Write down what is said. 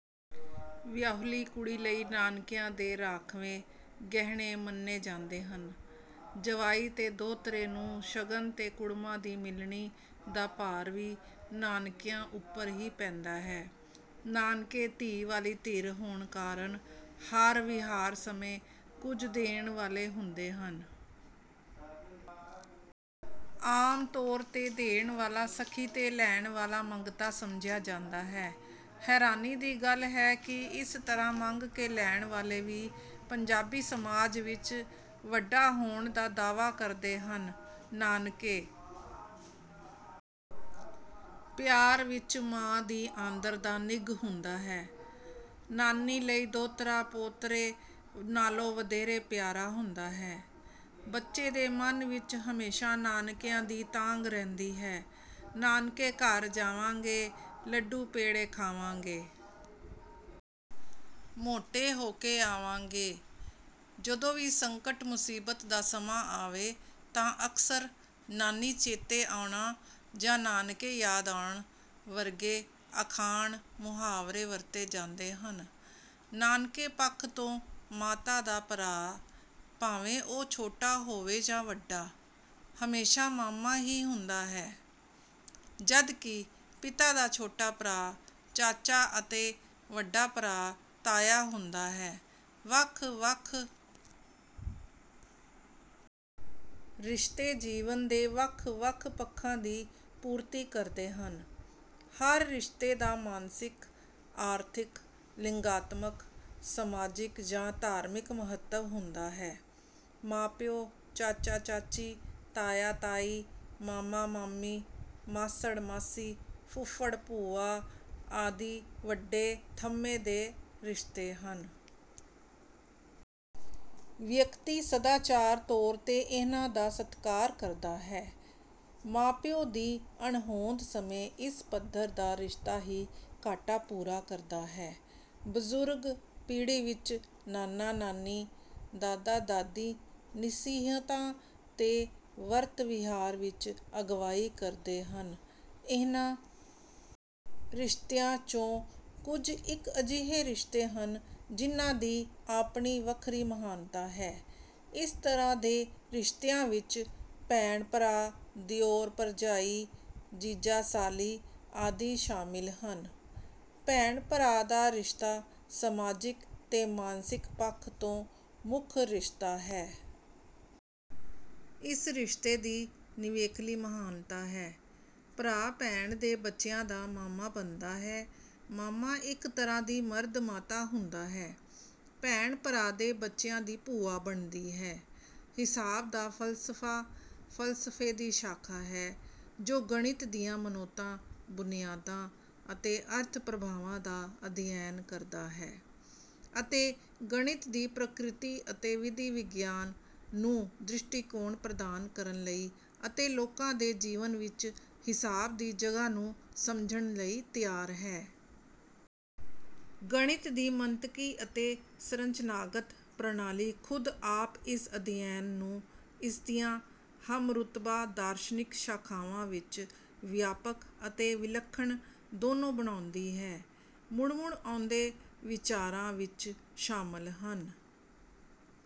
ਵਿਆਹੁਲੀ ਕੁੜੀ ਲਈ ਨਾਨਕਿਆਂ ਦੇ ਰਾਂਖਵੇਂ ਗਹਿਣੇ ਮੰਨੇ ਜਾਂਦੇ ਹਨ। ਜਵਾਈ ਤੇ ਦੋਹਤਰੇ ਨੂੰ ਸ਼ਗਨ ਤੇ ਕੁੜਮਾ ਦੀ ਮਿਲਣੀ ਦਾ ਭਾਰ ਵੀ ਨਾਨਕਿਆਂ ਉੱਪਰ ਹੀ ਪੈਂਦਾ ਹੈ। ਨਾਨਕੇ ਧੀ ਵਾਲੀ ਧਿਰ ਹੋਣ ਕਾਰਨ ਹਰ ਵਿਹਾਰ ਸਮੇਂ ਕੁਝ ਦੇਣ ਵਾਲੇ ਹੁੰਦੇ ਹਨ। ਆਮ ਤੌਰ ਤੇ ਦੇਣ ਵਾਲਾ ਸਖੀ ਤੇ ਲੈਣ ਵਾਲਾ ਮੰਗਤਾ ਸਮਝਿਆ ਜਾਂਦਾ ਹੈ। ਹੈਰਾਨੀ ਦੀ ਗੱਲ ਹੈ ਕਿ ਇਸ ਤਰ੍ਹਾਂ ਮੰਗ ਕੇ ਲੈਣ ਵਾਲੇ ਵੀ ਪੰਜਾਬੀ ਸਮਾਜ ਵਿਚ ਵੱਡਾ ਹੋਣ ਦਾ ਦਾਅਵਾ ਕਰਦੇ ਹਨ। ਨਾਨਕੇ ਪਿਆਰ ਵਿਚ ਮਾਂ ਦੀ ਆਂਦਰ ਦਾ ਨਿੱਘ ਹੁੰਦਾ ਹੈ। ਨਾਨੀ ਲਈ ਦੋਹਤਰਾ ਪੋਤਰੇ ਨਾਲੋਂ ਵਧੇਰੇ ਪਿਆਰਾ ਹੁੰਦਾ ਹੈ। ਬੱਚੇ ਦੇ ਮਨ ਵਿਚ ਹਮੇਸ਼ਾ ਨਾਨਕਿਆਂ ਦੀ ਤਾਂਘ ਰਹਿੰਦੀ ਹੈ:"ਨਾਨਕੇ ਘਰ ਜਾਵਾਂਗੇ। ਲੱਡੂ ਪੇੜੇ ਖਾਵਾਂਗੇ। ਮੋਟੇ ਹੋ ਕੇ ਆਵਾਂਗੇ।"ਜਦੋਂ ਵੀ ਸੰਕਟ-ਮੁਸੀਬਤ ਦਾ ਸਮਾਂ ਆਵੇ ਤਾਂ ਅਕਸਰ 'ਨਾਨੀ ਚੇਤੇ ਆਉਣਾ' ਜਾਂ 'ਨਾਨਕੇ ਯਾਦ ਆਉਣ' ਵਰਗੇ ਅਖਾਣ-ਮੁਹਾਵਰੇ ਵਰਤੇ ਜਾਂਦੇ ਹਨ। ਨਾਨਕੇ ਪੱਖ ਤੋਂ ਮਾਤਾ ਦਾ ਭਰਾ, ਭਾਵੇਂ ਉਹ ਛੋਟਾ ਹੋਵੇ ਜਾਂ ਵੱਡਾ, ਹਮੇਸ਼ਾ ਮਾਮਾ ਹੀ ਹੁੰਦਾ ਹੈ; ਜਦਕਿ ਪਿਤਾ ਦਾ ਛੋਟਾ ਭਰਾ ਚਾਚਾ ਅਤੇ ਵੱਡਾ ਭਰਾ ਤਾਇਆ ਹੁੰਦਾ ਹੈ। ਵੱਖ-ਵੱਖ ਰਿਸ਼ਤੇ ਜੀਵਨ ਦੇ ਵੱਖ-ਵੱਖ ਪੱਖਾਂ ਦੀ ਪੂਰਤੀ ਕਰਦੇ ਹਨ। ਹਰ ਰਿਸ਼ਤੇ ਦਾ ਮਾਨਸਿਕ, ਆਰਥਿਕ, ਲਿੰਗਾਤਮਕ, ਸਮਾਜਿਕ ਜਾਂ ਧਾਰਮਿਕ ਮਹੱਤਵ ਹੁੰਦਾ ਹੈ। ਮਾਂ-ਪਿਓ, ਚਾਚਾ-ਚਾਚੀ, ਤਾਇਆ-ਤਾਈ, ਮਾਮਾ-ਮਾਮੀ, ਮਾਸੜ-ਮਾਸੀ, ਫੁੱਫੜ-ਭੂਆ ਆਦਿ ਵੱਡੇ ਥੰਮ੍ਹੇ ਦੇ ਰਿਸ਼ਤੇ ਹਨ। ਵਿਅਕਤੀ ਸਦਾਚਾਰਕ ਤੌਰ ਤੇ ਇਹਨਾਂ ਦਾ ਸਤਿਕਾਰ ਕਰਦਾ ਹੈ। ਮਾਂ-ਪਿਓ ਦੀ ਅਣਹੋਂਦ ਸਮੇਂ ਇਸ ਪੱਧਰ ਦਾ ਰਿਸ਼ਤਾ ਹੀ ਘਾਟਾ ਪੂਰਾ ਕਰਦਾ ਹੈ। ਬਜ਼ੁਰਗ ਪੀੜ੍ਹੀ ਵਿਚ ਨਾਨਾ-ਨਾਨੀ, ਦਾਦਾ-ਦਾਦੀ ਨਸੀਹਤਾਂ ਤੇ ਵਰਤ-ਵਿਹਾਰ ਵਿਚ ਅਗਵਾਈ ਕਰਦੇ ਹਨ। ਇਹਨਾਂ ਰਿਸ਼ਤਿਆਂ 'ਚੋਂ ਕੁਝ ਇਕ ਅਜਿਹੇ ਰਿਸ਼ਤੇ ਹਨ ਜਿਨ੍ਹਾਂ ਦੀ ਆਪਣੀ ਵੱਖਰੀ ਮਹਾਨਤਾ ਹੈ। ਇਸ ਤਰ੍ਹਾਂ ਦੇ ਰਿਸ਼ਤਿਆਂ ਵਿਚ ਭੈਣ-ਭਰਾ, ਦਿਓਰ-ਭਰਜਾਈ, ਜੀਜਾ-ਸਾਲੀ ਆਦਿ ਸ਼ਾਮਿਲ ਹਨ। ਭੈਣ-ਭਰਾ ਦਾ ਰਿਸ਼ਤਾ ਸਮਾਜਿਕ ਤੇ ਮਾਨਸਿਕ ਪੱਖ ਤੋਂ ਮੁੱਖ ਰਿਸ਼ਤਾ ਹੈ। ਇਸ ਰਿਸ਼ਤੇ ਦੀ ਨਿਵੇਕਲੀ ਮਹਾਨਤਾ ਹੈ। ਭਰਾ ਭੈਣ ਦੇ ਬੱਚਿਆਂ ਦਾ ਮਾਮਾ ਬਣਦਾ ਹੈ ਮਾਮਾ ਇਕ ਤਰ੍ਹਾਂ ਦੀ 'ਮਰਦ ਮਾਤਾ' ਹੁੰਦਾ ਹੈ। ਭੈਣ ਭਰਾ ਦੇ ਬੱਚਿਆਂ ਦੀ ਭੂਆ ਬਣਦੀ ਹੈ। ਹਿਸਾਬ ਦਾ ਫ਼ਲਸਫ਼ਾ, ਫ਼ਲਸਫ਼ੇ ਦੀ ਸ਼ਾਖਾ ਹੈ ਜੋ ਗਣਿਤ ਦੀਆਂ ਮਨੌਤਾਂ, ਬੁਨਿਆਦਾਂ ਅਤੇ ਅਰਥ-ਪ੍ਰਭਾਵਾਂ ਦਾ ਅਧਿਐਨ ਕਰਦਾ ਹੈ ਅਤੇ ਗਣਿਤ ਦੀ ਪ੍ਰਕ੍ਰਿਤੀ ਅਤੇ ਵਿਧੀ-ਵਿਗਿਆਨ ਨੂੰ ਦ੍ਰਿਸ਼ਟੀਕੋਣ ਪ੍ਰਦਾਨ ਕਰਨ ਲਈ ਅਤੇ ਲੋਕਾਂ ਦੇ ਜੀਵਨ ਵਿੱਚ ਹਿਸਾਬ ਦੀ ਜਗ੍ਹਾ ਨੂੰ ਸਮਝਣ ਲਈ ਤਿਆਰ ਹੈ। ਗਣਿਤ ਦੀ ਮੰਤਕੀ ਅਤੇ ਸੰਰਚਨਾਗਤ ਪ੍ਰਣਾਲੀ ਖ਼ੁਦ ਆਪ ਇਸ ਅਧਿਐਨ ਨੂੰ ਇਸਦੀਆਂ ਹਮਰੁਤਬਾ ਦਾਰਸ਼ਨਿਕ ਸ਼ਾਖਾਵਾਂ ਵਿਚ ਵਿਆਪਕ ਅਤੇ ਵਿਲੱਖਣ ਦੋਨੋਂ ਬਣਾਉਂਦੀ ਹੈ। ਮੁੜ-ਮੁੜ ਆਉਂਦੇ ਵਿਚਾਰਾਂ ਵਿੱਚ ਸ਼ਾਮਲ ਹਨ:...